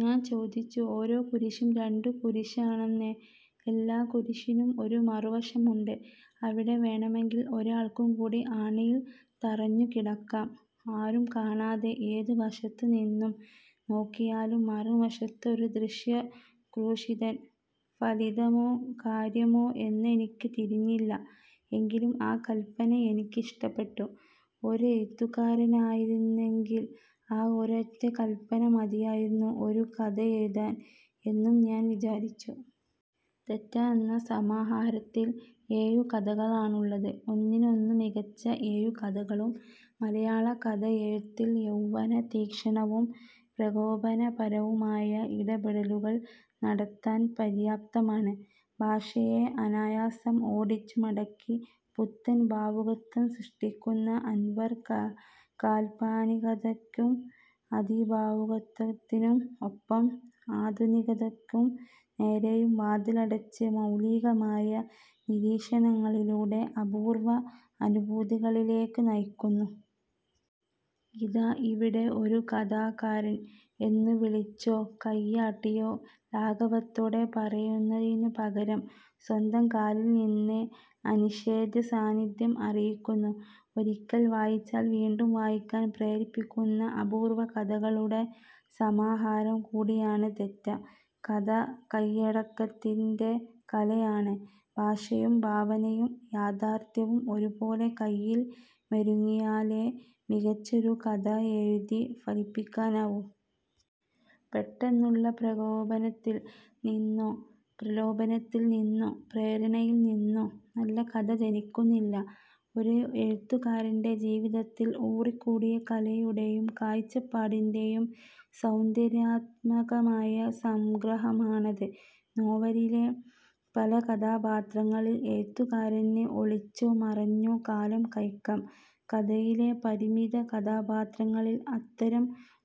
ഞാൻ ചോദിച്ചു. ഓരോ കുരിശും രണ്ടു കുരിശാണെന്നേ. എല്ലാ കുരിശിനും ഒരു മറുവശവുമുണ്ട്. അവിടെ വേണമെങ്കിൽ ഒരാൾക്കു കൂടി ആണിയിൽ തറഞ്ഞുകിടക്കാം; ആരും കാണാതെ. ഏതു വശത്തുനിന്നു നോക്കിയാലും മറുവശത്തൊരദൃശ്യ ക്രൂശിതൻ. ഫലിതമോ കാര്യമോ എന്നെനിക്കു തിരിഞ്ഞില്ല. എങ്കിലും ആ കൽപന എനിക്കിഷ്ടപ്പെട്ടു. ഒരെഴുത്തുകാരനായിരുന്നെങ്കിൽ, ആ ഒരൊറ്റ കൽപന മതിയായിരുന്നു, ഒരു കഥയെഴുതാൻ എന്നും ഞാൻ വിചാരിച്ചു. തേറ്റ എന്ന സമാഹാരത്തിൽ ഏഴു കഥകളാണുള്ളത്. ഒന്നിനൊന്നു മികച്ച ഏഴു കഥകളും മലയാള കഥയെഴുത്തിൽ യൗവനതീക്ഷ്ണവും പ്രകോപനപരവുമായ ഇടപെടലുകൾ നടത്താൻ പര്യാപ്തമാണ്. ഭാഷയെ അനായാസം ഒടിച്ചുമടക്കി പുത്തൻ ഭാവുകത്വം സൃഷ്ടിക്കുന്ന അൻവർ, കാൽപനികതയ്ക്കും അതിഭാവുകത്വത്തിനും ഒപ്പം ആധുനികതയ്ക്കു നേരെയും വാതിലടച്ച്, മൗലികമായ നിരീക്ഷണങ്ങളിലൂടെ അപൂർവ അനുഭൂതികളിലേക്കു നയിക്കുന്നു. ഇതാ, ഇവിടെ ഒരു കഥാകാരൻ എന്നു വിളിച്ചോ കയ്യാട്ടിയോ ലാഘവത്തോടെ പറയുന്നതിനു പകരം, സ്വന്തം കാലിൽ നിന്ന് അനിഷേധ്യ സാന്നിധ്യം അറിയിക്കുന്നു. ഒരിക്കൽ വായിച്ചാൽ വീണ്ടും വായിക്കാൻ പ്രേരിപ്പിക്കുന്ന അപൂർവ കഥകളുടെ സമാഹാരം കൂടിയാണു തേറ്റ. കഥ കയ്യടക്കത്തിന്റെ കലയാണ്. ഭാഷയും ഭാവനയും യാഥാർഥ്യവും ഒരുപോലെ കയ്യിൽ മെരുങ്ങിയാലേ മികച്ചൊരു കഥ എഴുതി ഫലിപ്പിക്കാനാവൂ. പെട്ടെന്നുള്ള പ്രകോപനത്തിൽ നിന്നോ, പ്രലോഭനത്തിൽ നിന്നോ, പ്രേരണയിൽ നിന്നോ നല്ല കഥ ജനിക്കുന്നില്ല. ഒരു എഴുത്തുകാരന്റെ ജീവിതത്തിൽ ഊറിക്കൂടിയ കലയുടെയും കാഴ്ചപ്പാടിന്റെയും സൗന്ദര്യാത്മകമായ സംഗ്രഹമാണത്. നോവലിലെ പല കഥാപാത്രങ്ങളിൽ എഴുത്തുകാരന് ഒളിച്ചോ മറഞ്ഞോ കാലം കഴിക്കാം. കഥയിലെ പരിമിത കഥാപാത്രങ്ങളിൽ അത്തരം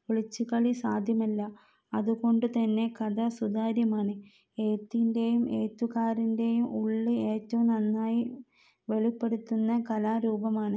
ഒളിച്ചുകളി സാധ്യമല്ല. അതുകൊണ്ടുതന്നെ കഥ സുതാര്യമാണ്, എഴുത്തിന്റെയും എഴുത്തുകാരന്റെയും ഉള്ള് ഏറ്റവും നന്നായി വെളിപ്പെടുത്തുന്ന കലാരൂപമാണ്.